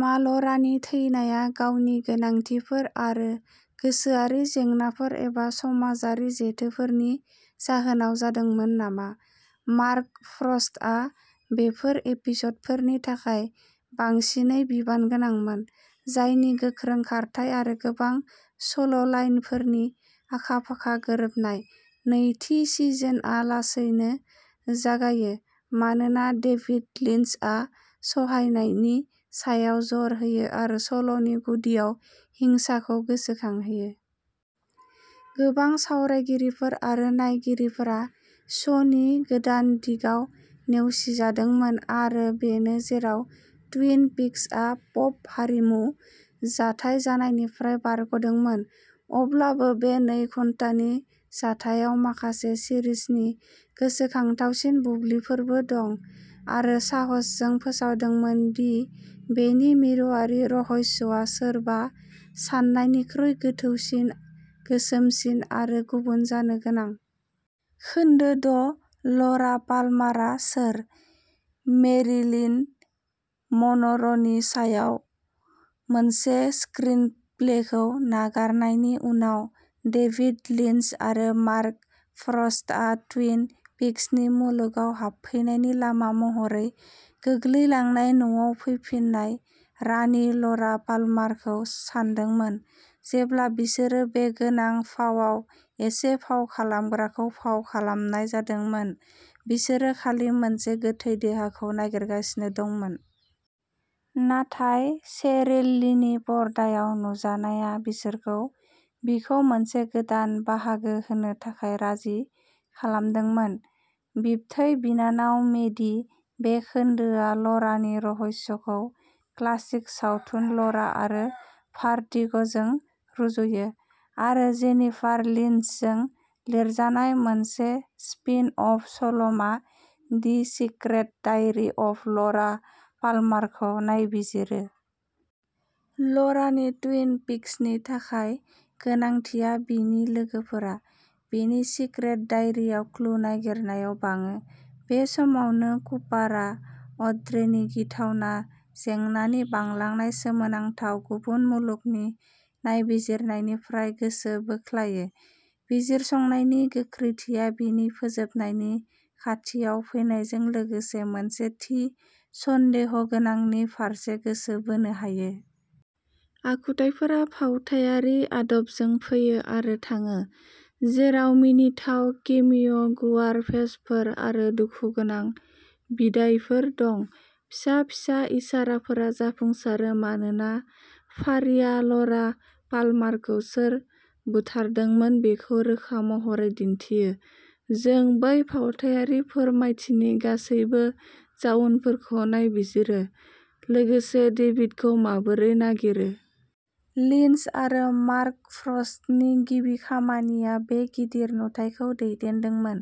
मा ल'रानि थैनाया गावनि गोनांथिफोर आरो गोसोआरि जेंनाफोर एबा समाजारि जेथोफोरनि जाहोनाव जादोंमोन नामा? मार्क फ्रस्टआ बेफोर एपिस'डफोरनि थाखाय बांसिनै बिबानगोनांमोन, जायनि गोख्रों खारथाइ आरो गोबां सल'लाइनफोरनि आखा-फाखा गोरोबनाय। नैथि सिजोनआ लासैनो जागायो, मानोना डेभिड लिन्चआ सहायनायनि सायाव जर होयो आरो सल'नि गुदियाव हिंसाखौ गोसोखांहोयो। गोबां सावरायगिरिफोर आरो नायगिरिफोरा श'नि गोदान दिगाव नेवसिजादोंमोन, आरो बेनो जेराव टुइन पिक्सआ पप हारिमु जाथाय जानायनिफ्राय बारग'दोंमोन। अब्लाबो बे नै घन्टानि जाथायाव माखासे सिरिजनि गोसोखांथावसिन बुब्लिफोरबो दं आरो साहसजों फोसावदोंमोन दि बेनि मिरुआरि रहस्यआ सोरबा साननायनिख्रुइ गोथौसिन, गोसोमसिन आरो गुबुन जानो गोनां। खोन्दो द’- ल'रा पाल्मारआ सोर? मेरिलिन मन'रनि सायाव मोनसे स्क्रिनप्लेखौ नागारनायनि उनाव, डेभिड लिन्च आरो मार्क फ्रस्टआ टुइन पिक्सनि मुलुगाव हाबफैनायनि लामा महरै गोग्लैलांनाय न'आव फैफिननाय रानि ल'रा पाल्मारखौ सानदोंमोन। जेब्ला बिसोरो बे गोनां फावआव एसे फाव खालामग्राखौ फाव खालामनाय जादोंमोन, बिसोरो खालि मोनसे गोथै देहाखौ नागिरगासिनो दंमोन। नाथाय शेरिल लिनि पर्दायाव नुजानाया बिसोरखौ बिखौ मोनसे गोदान बाहागो होनो थाखाय राजि खालामदोंमोन बिबथै बिनानाव मेडी। बे खोन्दोआ ल'रानि रहस्यखौ क्लासिक सावथुन ल'रा आरो भार्टिग'जों रुजुयो, आरो जेनिफार लिन्चजों लिरजानाय मोनसे स्पिन-अफ सल'मा, the secret diary of Laura पाल्मारखौ नायबिजिरो। ल'रानि टुइन पिक्सनि थाखाय गोनांथिआ बिनि लोगोफोरा बिनि सिक्रेट डायरीआव क्लु नागिरनायाव बाङो। बे समावनो कुपारआ अड्रेनि गिथावना जेंनानि बांलांनाय सोमोनांथाव, गुबुन मुलुगनि नायबिजिरनायनिफ्राय गोसो बोख्लायो। बिजिरसंनायनि गोख्रैथिया बिनि फोजोबनायनि खाथियाव फैनायजों लोगोसे मोनसे थि सन्देह'गोनांनि फारसे गोसो बोनो हायो। आखुथाइफोरा फावथायारि आदबजों फैयो आरो थाङो, जेराव मिनिथाव केमिय', गुवार भेसफोर, आरो दुखुगोनां बिदाइफोर दं। फिसा फिसा इसाराफोरा जाफुंसारो मानोना फारिआ ल'रा पाल्मारखौ सोर बुथारदोंमोन बेखौ रोखा महरै दिन्थियो। जों बै फावथायारि फोरमायथिनि गासैबो जाउनफोरखौ नायबिजिरो, लोगोसे डेभिडखौ माबोरै नागिरो। लिन्च आरो मार्क फ्रस्टनि गिबि खामानिया बे गिदिर नुथायखौ दैदेनदोंमोन।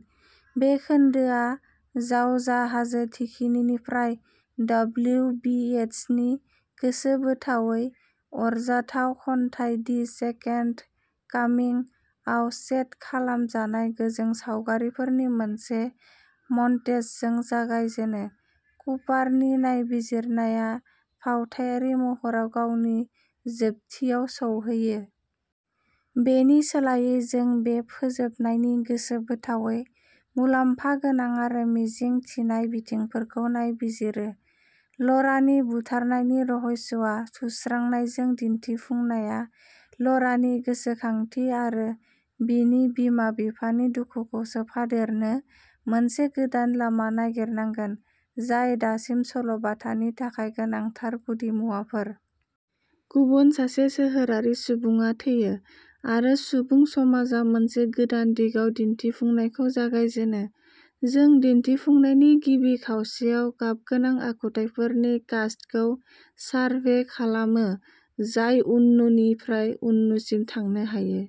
बे खोन्दोआ जावजा हाजो थिखिनिनिफ्राय डब्लिउ बि येट्सनि गोसोबोथावै आरजाथाव खन्थाइ दि सेकेन्ड कामिं आव सेट खालामजानाय गोजों सावगारिफोरनि मोनसे मन्टेजजों जागायजेनो। कुपारनि नायबिजिरनाया फावथायारि महराव गावनि जोबथियाव सौहैयो। बेनि सोलायै, जों बे फोजोबनायनि गोसोबोथावै, मुलाम्फा गोनां आरो मिजिं थिनाय बिथिंफोरखौ नायबिजिरो। ल'रानि बुथारनायनि रहस्यआ सुस्रांजानायजों, दिन्थिफुंनाया ल'रानि गोसोखांथि आरो बिनि बिमा-बिफानि दुखुखौ सोफादेरनो मोनसे गोदान लामा नागिरनांगोन, जाय दासिम सल'-बाथानि थाखाय गोनांथार गुदिमुवाफोर। गुबुन सासे सोहोरारि सुबुङा थैयो आरो सुबुं समाजआ मोनसे गोदान दिगाव दिन्थिफुंनायखौ जागायजेनो। जों दिन्थिफुंनायनि गिबि खावसेयाव गाबगोनां आखुथाइफोरनि कास्टखौ सारभे खालामो जाय उननुनिफ्राय उननुसिम थांनो हायो।